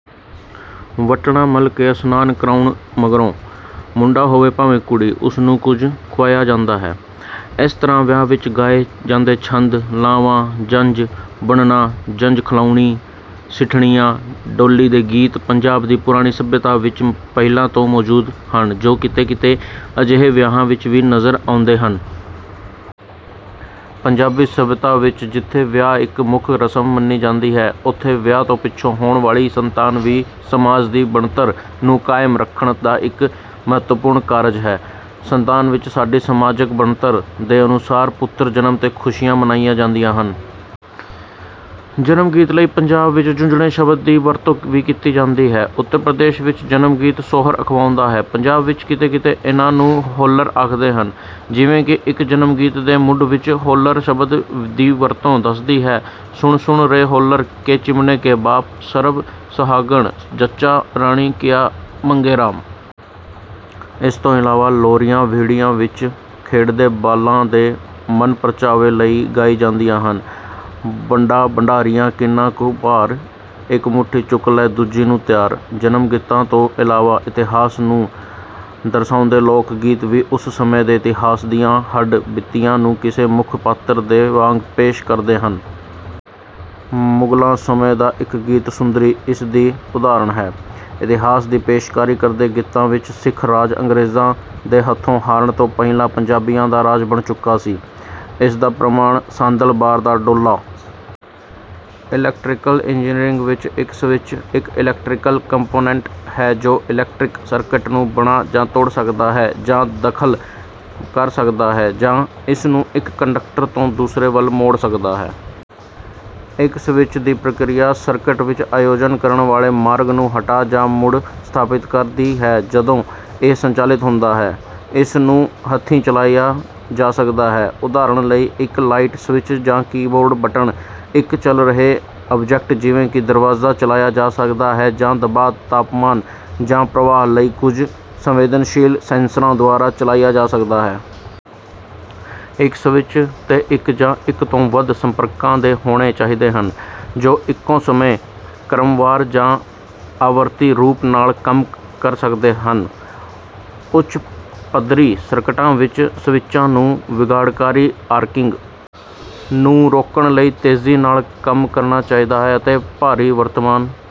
ਵਟਣਾ ਮਲ ਕੇ ਅਸ਼ਨਾਨ ਕਰਾਉਣ ਮਗਰੋਂ, ਮੁੰਡਾ ਹੋਵੇ ਭਾਵੇਂ ਕੁੜੀ, ਉਸ ਨੂੰ ਕੁਝ ਖੁਆਇਆ ਜਾਂਦਾ ਹੈ। ਇਸ ਤਰ੍ਹਾਂ ਵਿਆਹ ਵਿੱਚ ਗਾਏ ਜਾਂਦੇ ਛੰਦ, ਲਾਵਾਂ, ਜੰਞ ਬੰਨ੍ਹਣਾ, ਜੰਞ ਖਲਾਉਣੀ, ਸਿੱਠਣੀਆਂ, ਡੋਲੀ ਦੇ ਗੀਤ ਪੰਜਾਬ ਦੀ ਪੁਰਾਣੀ ਸੱਭਿਅਤਾ ਵਿੱਚ ਪਹਿਲਾਂ ਤੋਂ ਮੌਜੂਦ ਹਨ, ਜੋ ਕਿਤੇ ਕਿਤੇ ਅਜੋਕੇ ਵਿਆਹਾਂ ਵਿੱਚ ਵੀ ਨਜ਼ਰ ਆਉਂਦੇ ਹਨ। ਪੰਜਾਬੀ ਸੱਭਿਅਤਾ ਵਿੱਚ ਜਿੱਥੇ ਵਿਆਹ ਇੱਕ ਮੁੱਖ ਰਸਮ ਮੰਨੀ ਜਾਂਦੀ ਹੈ, ਉੱਥੇ ਵਿਆਹ ਤੋਂ ਪਿੱਛੋਂ ਹੋਣ ਵਾਲੀ ਸੰਤਾਨ ਵੀ ਸਮਾਜ ਦੀ ਬਣਤਰ ਨੂੰ ਕਾਇਮ ਰੱਖਣ ਦਾ ਇੱਕ ਮਹੱਤਵਪੂਰਨ ਕਾਰਜ ਹੈ। ਸੰਤਾਨ ਵਿੱਚ ਸਾਡੀ ਸਮਾਜਕ ਬਣਤਰ ਦੇ ਅਨੁਸਾਰ ਪੁੱਤਰ ਜਨਮ ਤੇ ਖੁਸ਼ੀਆਂ ਮਨਾਈਆਂ ਜਾਂਦੀਆਂ ਹਨ। ਜਨਮ ਗੀਤ ਲਈ ਪੰਜਾਬ ਵਿੱਚ 'ਝੁੰਜਣੇ' ਸ਼ਬਦ ਦੀ ਵਰਤੋਂ ਵੀ ਕੀਤੀ ਜਾਂਦੀ ਹੈ। ਉੱਤਰ ਪ੍ਰਦੇਸ਼ ਵਿੱਚ ਜਨਮ ਗੀਤ 'ਸੋਹਰ' ਅਖਵਾਉਂਦਾ ਹੈ। ਪੰਜਾਬ ਵਿੱਚ ਕਿਤੇ ਕਿਤੇ ਇਨ੍ਹਾਂ ਨੂੰ 'ਹੋਲਰ' ਆਖਦੇ ਹਨ, ਜਿਵੇਂ ਕਿ ਇੱਕ ਜਨਮ ਗੀਤ ਦੇ ਮੁੱਢ ਵਿੱਚ ਹੋਲਰ ਸ਼ਬਦ ਦੀ ਵਰਤੋਂ ਦੱਸਦੀ ਹੈ: ਸੁਣ ਸੁਣ ਰੇ ਹੋਲਰ ਕੇ ਚਿਮਨੇ ਕੇ ਬਾਪ, ਸਰਬ ਸਹਾਗਣ ਜੱਚਾ ਰਾਣੀ, ਕਿਆ ਮੰਗੇ ਰਾਮ। ਇਸ ਤੋਂ ਇਲਾਵਾ ਲੋਰੀਆਂ ਵਿਹੜਿਆਂ ਵਿੱਚ ਖੇਡਦੇ ਬਾਲਾਂ ਦੇ ਮਨਪਰਚਾਵੇ ਲਈ ਗਾਈ ਜਾਂਦੀਆਂ ਹਨ। ਭੰਡਾ ਭੰਡਾਰੀਆ ਕਿੰਨਾਂ ਕੁ ਭਾਰ, ਇੱਕ ਮੁੱਠੀ ਚੁੱਕ ਲੈ ਦੂਜੀ ਨੂੰ ਤਿਆਰ। ਜਨਮ ਗੀਤਾਂ ਤੋਂ ਇਲਾਵਾ ਇਤਿਹਾਸ ਨੂੰ ਦਰਸਾਉਂਦੇ ਲੋਕ ਗੀਤ ਵੀ ਉਸ ਸਮੇਂ ਦੇ ਇਤਿਹਾਸ ਦੀਆਂ ਹੱਡ ਬੀਤੀਆਂ ਨੂੰ ਕਿਸੇ ਮੁੱਖ ਪਾਤਰ ਦੇ ਵਾਂਗ ਪੇਸ਼ ਕਰਦੇ ਹਨ। ਮੁਗਲਾਂ ਸਮੇਂ ਦਾ ਇੱਕ ਗੀਤ 'ਸੁੰਦਰੀ' ਇਸ ਦੀ ਉਦਾਹਰਨ ਹੈ। ਇਤਿਹਾਸ ਦੀ ਪੇਸ਼ਕਾਰੀ ਕਰਦੇ ਗੀਤਾਂ ਵਿੱਚ ਸਿੱਖ ਰਾਜ ਅੰਗਰੇਜ਼ਾਂ ਦੇ ਹੱਥੋਂ ਹਾਰਨ ਤੋਂ ਪਹਿਲਾਂ ਪੰਜਾਬੀਆਂ ਦਾ ਰਾਜ ਬਣ ਚੁੱਕਾ ਸੀ। ਇਸ ਦਾ ਪ੍ਰਮਾਣ ਸਾਂਦਲ ਬਾਰ ਦਾ ਢੋਲਾ। ਇਲੈਕਟ੍ਰੀਕਲ ਇੰਜੀਨੀਅਰਿੰਗ ਵਿੱਚ, ਇੱਕ ਸਵਿੱਚ ਇੱਕ ਇਲੈਕਟ੍ਰੀਕਲ ਕੰਪੋਨੈਂਟ ਹੈ ਜੋ ਇਲੈਕਟ੍ਰਿਕ ਸਰਕਟ ਨੂੰ "ਬਣਾ" ਜਾਂ "ਤੋੜ" ਸਕਦਾ ਹੈ, ਜਾਂ ਦਖਲ ਕਰ ਸਕਦਾ ਹੈ ਜਾਂ ਇਸ ਨੂੰ ਇੱਕ ਕੰਡਕਟਰ ਤੋਂ ਦੂਸਰੇ ਵੱਲ ਮੋੜ ਸਕਦਾ ਹੈ। ਇੱਕ ਸਵਿੱਚ ਦੀ ਪ੍ਰਕਿਰਿਆ, ਸਰਕਟ ਵਿੱਚ ਆਯੋਜਨ ਕਰਨ ਵਾਲੇ ਮਾਰਗ ਨੂੰ ਹਟਾ ਜਾਂ ਮੁੜ ਸਥਾਪਿਤ ਕਰਦੀ ਹੈ ਜਦੋਂ ਇਹ ਸੰਚਾਲਿਤ ਹੁੰਦਾ ਹੈ। ਇਸ ਨੂੰ ਹੱਥੀਂ ਚਲਾਇਆ ਜਾ ਸਕਦਾ ਹੈ, ਉਦਾਹਰਨ ਲਈ, ਇੱਕ ਲਾਈਟ ਸਵਿੱਚ ਜਾਂ ਕੀਬੋਰਡ ਬਟਨ, ਇੱਕ ਚਲ ਰਹੇ ਆਬਜੈਕਟ ਜਿਵੇਂ ਕਿ ਦਰਵਾਜ਼ਾ ਚਲਾਇਆ ਜਾ ਸਕਦਾ ਹੈ, ਜਾਂ ਦਬਾਅ, ਤਾਪਮਾਨ ਜਾਂ ਪ੍ਰਵਾਹ ਲਈ ਕੁਝ ਸੰਵੇਦਨਸ਼ੀਲ ਸੈਂਸਰਾਂ ਦੁਆਰਾ ਚਲਾਇਆ ਜਾ ਸਕਦਾ ਹੈ। ਇੱਕ ਸਵਿੱਚ ਤੇ ਇੱਕ ਜਾਂ ਇੱਕ ਤੋਂ ਵੱਧ ਸੰਪਰਕਾਂ ਦੇ ਹੋਣੇ ਚਾਹੀਦੇ ਹਨ, ਜੋ ਇੱਕੋ ਸਮੇਂ, ਕ੍ਰਮਵਾਰ ਜਾਂ ਆਵਰਤੀ ਰੂਪ ਨਾਲ ਕੰਮ ਕਰ ਸਕਦੇ ਹਨ। ਉੱਚ ਪੱਧਰੀ ਸਰਕਟਾਂ ਵਿੱਚ ਸਵਿੱਚਾਂ ਨੂੰ ਵਿਗਾੜਕਾਰੀ ਆਰਕਿੰਗ ਨੂੰ ਰੋਕਣ ਲਈ ਤੇਜ਼ੀ ਨਾਲ ਕੰਮ ਕਰਨਾ ਚਾਹੀਦਾ ਹੈ, ਅਤੇ ਭਾਰੀ ਵਰਤਮਾਨ